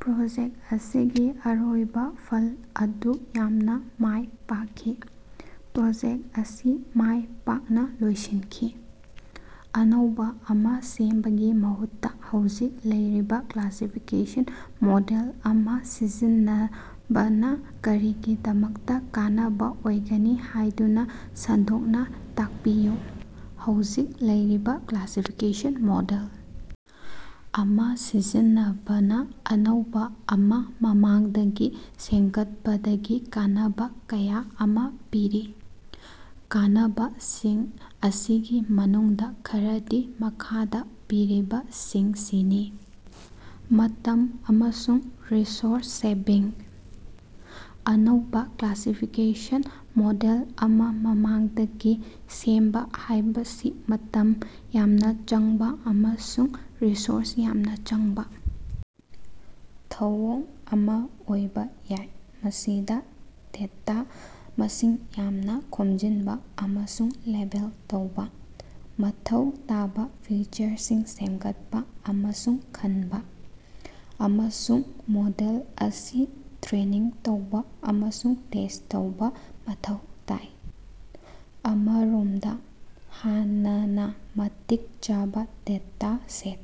Project ꯑꯁꯤꯒꯤ ꯑꯔꯣꯏꯕꯥ ꯐꯜ ꯑꯗꯨꯛ ꯌꯥꯝꯅꯥ ꯃꯥꯏ ꯄꯥꯛꯈꯤ꯫ ꯄ꯭ꯔꯣꯖꯦꯛꯇ ꯑꯁꯤ ꯃꯥꯢ ꯄꯥꯛꯅꯥ ꯂꯣꯏꯁꯤꯟꯈꯤ꯫। ꯑꯅꯧꯕꯥ ꯑꯃꯥ ꯁꯦꯝꯕꯒꯤ ꯃꯍꯨꯠꯇꯥ ꯍꯧꯖꯤꯛ ꯂꯩꯔꯤꯕꯥ ꯀ꯭ꯂꯥꯁꯤꯐꯤꯀꯦꯁꯟ ꯃꯣꯗꯦꯜ ꯑꯃꯥ ꯁꯤꯖꯤꯟꯅꯕꯅꯥ ꯀꯔꯤꯒꯤꯗꯃꯛꯇꯥ ꯀꯥꯟꯅꯕꯥ ꯑꯣꯏꯒꯅꯤ ꯍꯥꯏꯕꯗꯨ ꯁꯟꯗꯣꯛꯅꯥ ꯇꯥꯛꯄꯤꯌꯨ꯫ ꯍꯧꯖꯤꯛ ꯂꯩꯔꯤꯕꯥ ꯀ꯭ꯂꯥꯁꯤꯐꯤꯀꯦꯁꯟ ꯃꯣꯗꯦꯜ ꯑꯃꯥ ꯁꯤꯖꯤꯟꯅꯕꯅꯥ ꯑꯅꯧꯕꯥ ꯑꯃꯥ ꯃꯃꯥꯡꯗꯒꯤ ꯁꯦꯝꯒꯠꯄꯗꯒꯤ ꯀꯥꯟꯅꯕꯥ ꯀꯌꯥ ꯑꯃꯥ ꯄꯤꯔꯤ꯫ ꯀꯥꯟꯅꯕꯁꯤꯡ ꯑꯁꯤꯒꯤ ꯃꯅꯨꯡꯗꯥ ꯈꯔꯗꯤ ꯃꯈꯥꯗꯥ ꯄꯤꯔꯤꯕꯁꯤꯡꯁꯤꯅꯤ: ꯃꯇꯝ ꯑꯃꯁꯨꯡ ꯔꯤꯁꯣꯔꯁ-ꯁꯦꯚꯤꯡ: ꯑꯅꯧꯕꯥ ꯀ꯭ꯂꯥꯁꯤꯐꯤꯀꯦꯁꯟ ꯃꯣꯗꯦꯜ ꯑꯃꯥ ꯃꯃꯥꯡꯗꯒꯤ ꯁꯦꯝꯕꯥ ꯍꯥꯏꯕꯁꯤ ꯃꯇꯝ ꯌꯥꯝꯅꯥ ꯆꯪꯕꯥ ꯑꯃꯁꯨꯡ ꯔꯤꯁꯣꯔꯁ ꯌꯥꯝꯅꯥ ꯆꯪꯕꯥ ꯊꯧꯑꯣꯡ ꯑꯃꯥ ꯑꯣꯏꯕꯥ ꯌꯥꯏ꯫ ꯃꯁꯤꯗꯥ ꯗꯦꯇꯥ ꯃꯁꯤꯡ ꯌꯥꯝꯅꯥ ꯈꯣꯝꯖꯤꯟꯕꯥ ꯑꯃꯁꯨꯡ ꯂꯦꯕꯦꯜ ꯇꯧꯕꯥ, ꯃꯊꯧ ꯇꯥꯕꯥ ꯐꯤꯆꯔꯁꯤꯡ ꯁꯦꯝꯒꯠꯄꯥ ꯑꯃꯁꯨꯡ ꯈꯟꯕꯥ, ꯑꯃꯁꯨꯡ ꯃꯣꯗꯦꯜ ꯑꯁꯤ ꯇ꯭ꯔꯦꯅꯤꯡ ꯇꯧꯕꯥ ꯑꯃꯁꯨꯡ ꯇꯦꯁ꯭ꯠ ꯇꯧꯕꯥ ꯃꯊꯧ ꯇꯥꯏ꯫ ꯑꯃꯔꯣꯃꯗꯥ, ꯍꯥꯟꯅꯅꯥ ꯃꯇꯤꯛ ꯆꯥꯕꯥ ꯗꯦꯇꯥꯁꯦꯠ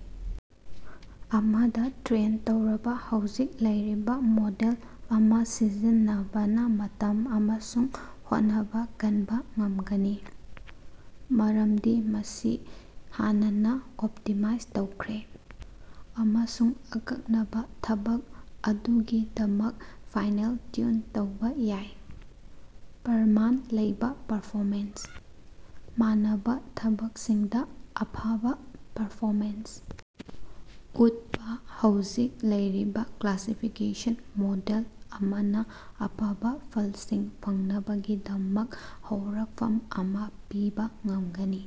ꯑꯃꯗꯥ ꯇ꯭ꯔꯦꯟ ꯇꯧꯔꯕꯥ ꯍꯧꯖꯤꯛ ꯂꯩꯔꯤꯕꯥ ꯃꯣꯗꯦꯜ ꯑꯃꯥ ꯁꯤꯖꯤꯟꯅꯕꯅꯥ ꯃꯇꯝ ꯑꯃꯁꯨꯡ ꯍꯣꯠꯅꯕꯥ ꯀꯟꯕꯥ ꯉꯝꯒꯅꯤ꯫ ꯃꯔꯝꯗꯤ ꯃꯁꯤ ꯍꯥꯟꯅꯅꯥ ꯑꯣꯞꯇꯤꯃꯥꯏꯖ ꯇꯧꯈ꯭ꯔꯦ꯫ ꯑꯃꯁꯨꯡ ꯑꯀꯛꯅꯕꯥ ꯊꯕꯛ ꯑꯗꯨꯒꯤꯗꯃꯛ ꯐꯥꯏꯅꯦꯜ ꯇ꯭ꯌꯨꯟ ꯇꯧꯕꯥ ꯌꯥꯏ꯫ ꯄ꯭ꯔꯃꯥꯟ ꯂꯩꯕꯥ ꯄꯔꯐꯣꯃꯦꯟꯁ: ꯃꯥꯟꯅꯕꯥ ꯊꯕꯛꯁꯤꯡꯗꯥ ꯑꯐꯕꯥ ꯄꯔꯐꯣꯃꯦꯟꯁ ꯎꯠꯄꯥ ꯍꯧꯖꯤꯛ ꯂꯩꯔꯤꯕꯥ ꯀ꯭ꯂꯥꯁꯤꯐꯤꯀꯦꯁꯟ ꯃꯣꯗꯦꯜ ꯑꯃꯅꯥ ꯑꯐꯕꯥ ꯐꯜꯁꯤꯡ ꯐꯪꯅꯕꯒꯤꯗꯃꯛ ꯍꯧꯔꯀꯐꯝ ꯑꯃꯥ ꯄꯤꯕꯥ ꯉꯃꯒꯅꯤ꯫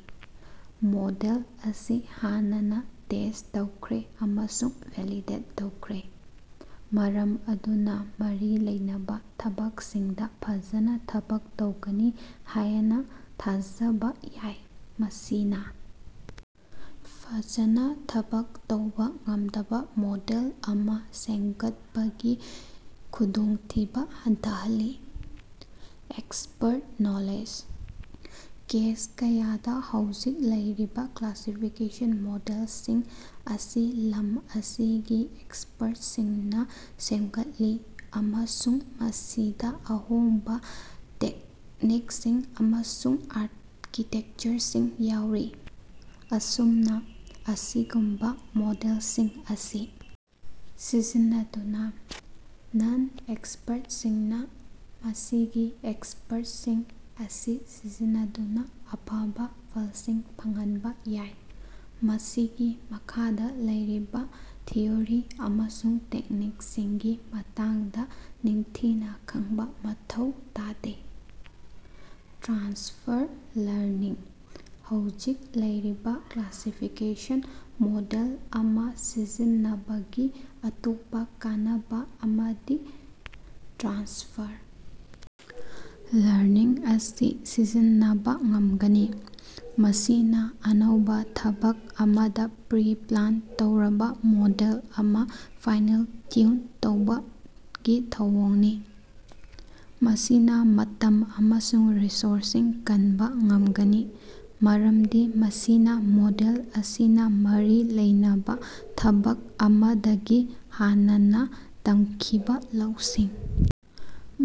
ꯃꯣꯗꯦꯜ ꯑꯁꯤ ꯍꯥꯟꯅꯅꯥ ꯇꯦꯁ꯭ꯠ ꯇꯧꯈ꯭ꯔꯦ ꯑꯃꯁꯨꯡ ꯚꯦꯂꯤꯗꯦꯠ ꯇꯧꯈ꯭ꯔꯦ꯫ ꯃꯔꯝ ꯑꯗꯨꯅꯥ ꯃꯔꯤ ꯂꯩꯅꯕꯥ ꯊꯕꯛꯁꯤꯡꯗꯥ ꯐꯖꯅꯥ ꯊꯕꯛ ꯇꯧꯒꯅꯤ ꯍꯥꯌꯅꯥ ꯊꯥꯖꯕꯥ ꯌꯥꯏ꯫ ꯃꯁꯤꯅꯥ ꯐꯖꯅꯥ ꯊꯕꯛ ꯇꯧꯕꯥ ꯉꯝꯗꯕꯥ ꯃꯣꯗꯦꯜ ꯑꯃꯥ ꯁꯦꯃꯒꯠꯄꯒꯤ ꯈꯨꯗꯣꯡꯊꯤꯕꯥ ꯍꯟꯊꯍꯜꯂꯤ꯫ ꯑꯦꯛꯁꯄ꯭ꯔꯠ ꯅꯣꯂꯦꯖ: ꯀꯦꯁ ꯀꯌꯥꯗꯥ ꯍꯧꯖꯤꯛ ꯂꯩꯔꯤꯕꯥ ꯀ꯭ꯂꯥꯁꯤꯐꯤꯀꯦꯁꯟ ꯃꯣꯗꯦꯂꯁꯤꯡ ꯑꯁꯤ ꯂꯝ ꯑꯁꯤꯒꯤ ꯑꯦꯛꯁꯄꯔꯇꯁꯤꯡꯅꯥ ꯁꯦꯃꯒꯠꯂꯤ ꯑꯃꯁꯨꯡ ꯃꯁꯤꯗꯥ ꯑꯍꯣꯡꯕꯥ ꯇꯦꯛꯅꯤꯀꯁꯤꯡ ꯑꯃꯁꯨꯡ ꯑꯥꯔꯀꯤꯇꯦꯀꯆꯔꯁꯤꯡ ꯌꯥꯎꯔꯤ꯫ ꯑꯁꯨꯝꯅꯥ, ꯑꯁꯤꯒꯨꯝꯕꯥ ꯃꯣꯗꯦꯜꯁꯤꯡ ꯑꯁꯤ ꯁꯤꯖꯤꯟꯅꯗꯨꯅꯥ, ꯅꯟ-ꯑꯦꯛꯁꯄꯔꯇꯁꯤꯡꯅꯥ ꯃꯁꯤꯒꯤ ꯑꯦꯛꯁꯄꯔꯇꯁꯤꯡ ꯑꯁꯤ ꯁꯤꯖꯤꯟꯅꯗꯨꯅꯥ ꯑꯐꯕꯥ ꯐꯜꯁꯤꯡ ꯐꯪꯍꯟꯕꯥ ꯌꯥꯏ꯫ ꯃꯁꯤꯒꯤ ꯃꯈꯥꯗꯥ ꯂꯩꯔꯤꯕꯥ ꯊꯤꯑꯣꯔꯤ ꯑꯃꯁꯨꯡ ꯇꯦꯛꯅꯤꯀꯁꯤꯡꯒꯤ ꯃꯇꯥꯡꯗꯥ ꯅꯤꯡꯊꯤꯅꯥ ꯈꯪꯕꯥ ꯃꯊꯧ ꯇꯥꯗꯦ꯫ ꯇ꯭ꯔꯥꯟꯁꯐꯔ ꯂꯔꯅꯤꯡ: ꯍꯧꯖꯤꯛ ꯂꯩꯔꯤꯕꯥ ꯀ꯭ꯂꯥꯁꯤꯐꯤꯀꯦꯁꯟ ꯃꯣꯗꯦꯜ ꯑꯃꯥ ꯁꯤꯖꯤꯟꯅꯕꯒꯤ ꯑꯇꯣꯞꯄꯥ ꯀꯥꯟꯅꯕꯥ ꯑꯃꯗꯤ ꯇ꯭ꯔꯥꯟꯁꯐꯔ ꯂꯔꯅꯤꯡ ꯑꯁꯤ ꯁꯤꯖꯤꯟꯅꯕꯥ ꯉꯝꯒꯥꯅꯤ꯫ ꯃꯁꯤꯅꯥ ꯑꯅꯧꯕꯥ ꯊꯕꯛ ꯑꯃꯗꯥ ꯄ꯭ꯔꯤ-ꯇ꯭ꯔꯦꯟ ꯇꯧꯔꯕꯥ ꯃꯣꯗꯦꯜ ꯑꯃꯥ ꯐꯥꯏꯅꯦꯜ ꯇꯤꯎꯟ ꯇꯧꯕꯒꯤ ꯊꯧꯑꯣꯡꯅꯤ꯫ ꯃꯁꯤꯅꯥ ꯃꯇꯝ ꯑꯃꯁꯨꯡ ꯔꯤꯁꯣꯔꯁꯁꯤꯡ ꯀꯟꯕꯥ ꯉꯝꯒꯅꯤ꯫ ꯃꯔꯝꯗꯤ ꯃꯁꯤꯅꯥ ꯃꯣꯗꯦꯜ ꯑꯁꯤꯅꯥ ꯃꯔꯤ ꯂꯩꯅꯕꯥ ꯊꯕꯛ ꯑꯃꯗꯒꯤ ꯍꯥꯟꯅꯅꯥ ꯇꯃꯈꯤꯕꯥ ꯂꯧꯁꯤꯡ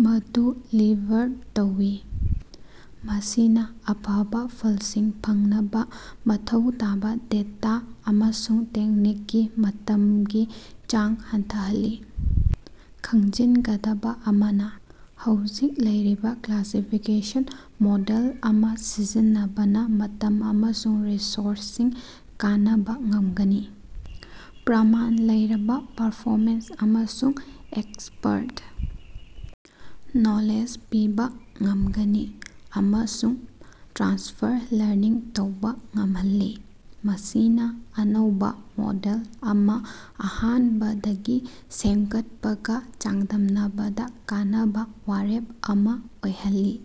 ꯃꯗꯨ ꯂꯤꯚꯔ ꯇꯧꯢ꯫, ꯃꯁꯤꯅꯥ ꯑꯐꯕꯥ ꯐꯜꯁꯤꯡ ꯐꯪꯅꯕꯥ ꯃꯊꯧ ꯇꯥꯕꯥ ꯗꯦꯇꯥ ꯑꯃꯁꯨꯡ ꯇ꯭ꯔꯦꯅꯤꯡꯒꯤ ꯃꯇꯝꯒꯤ ꯆꯥꯡ ꯍꯟꯊꯍꯜꯂꯤ꯫ ꯈꯪꯖꯤꯟꯒꯗꯕꯥ ꯑꯃꯅꯥ, ꯍꯧꯖꯤꯛ ꯂꯩꯔꯤꯕꯥ ꯀ꯭ꯂꯥꯁꯤꯐꯤꯀꯦꯁꯟ ꯃꯣꯗꯦꯜ ꯑꯃꯥ ꯁꯤꯖꯤꯟꯅꯕꯅꯥ ꯃꯇꯝ ꯑꯃꯁꯨꯡ ꯔꯤꯁꯣꯔꯁꯁꯤꯡ ꯀꯅꯕꯥ ꯉꯝꯒꯅꯤ꯫ ꯄ꯭ꯔꯃꯥꯟ ꯂꯩꯕꯥ ꯄꯔꯐꯣꯃꯦꯟꯁ ꯑꯃꯁꯨꯡ ꯑꯦꯛꯁꯄꯔꯠ ꯅꯣꯂꯦꯖ ꯄꯤꯕꯥ ꯉꯝꯒꯅꯤ꯫ ꯑꯃꯁꯨꯡ ꯇ꯭ꯔꯥꯟꯁꯐꯔ ꯂꯔꯅꯤꯡ ꯇꯧꯕꯥ ꯉꯝꯍꯜꯂꯤ꯫ ꯃꯁꯤꯅꯥ ꯑꯅꯧꯕꯥ ꯃꯣꯗꯦꯜ ꯑꯃꯥ ꯑꯍꯥꯅꯕꯗꯒꯤ ꯁꯦꯝꯒꯠꯄꯒꯥ ꯆꯥꯡꯗꯝꯅꯕꯗꯥ ꯀꯥꯟꯅꯕꯥ ꯋꯥꯔꯦꯞ ꯑꯃꯥ ꯑꯣꯏꯍꯜꯂꯤ꯫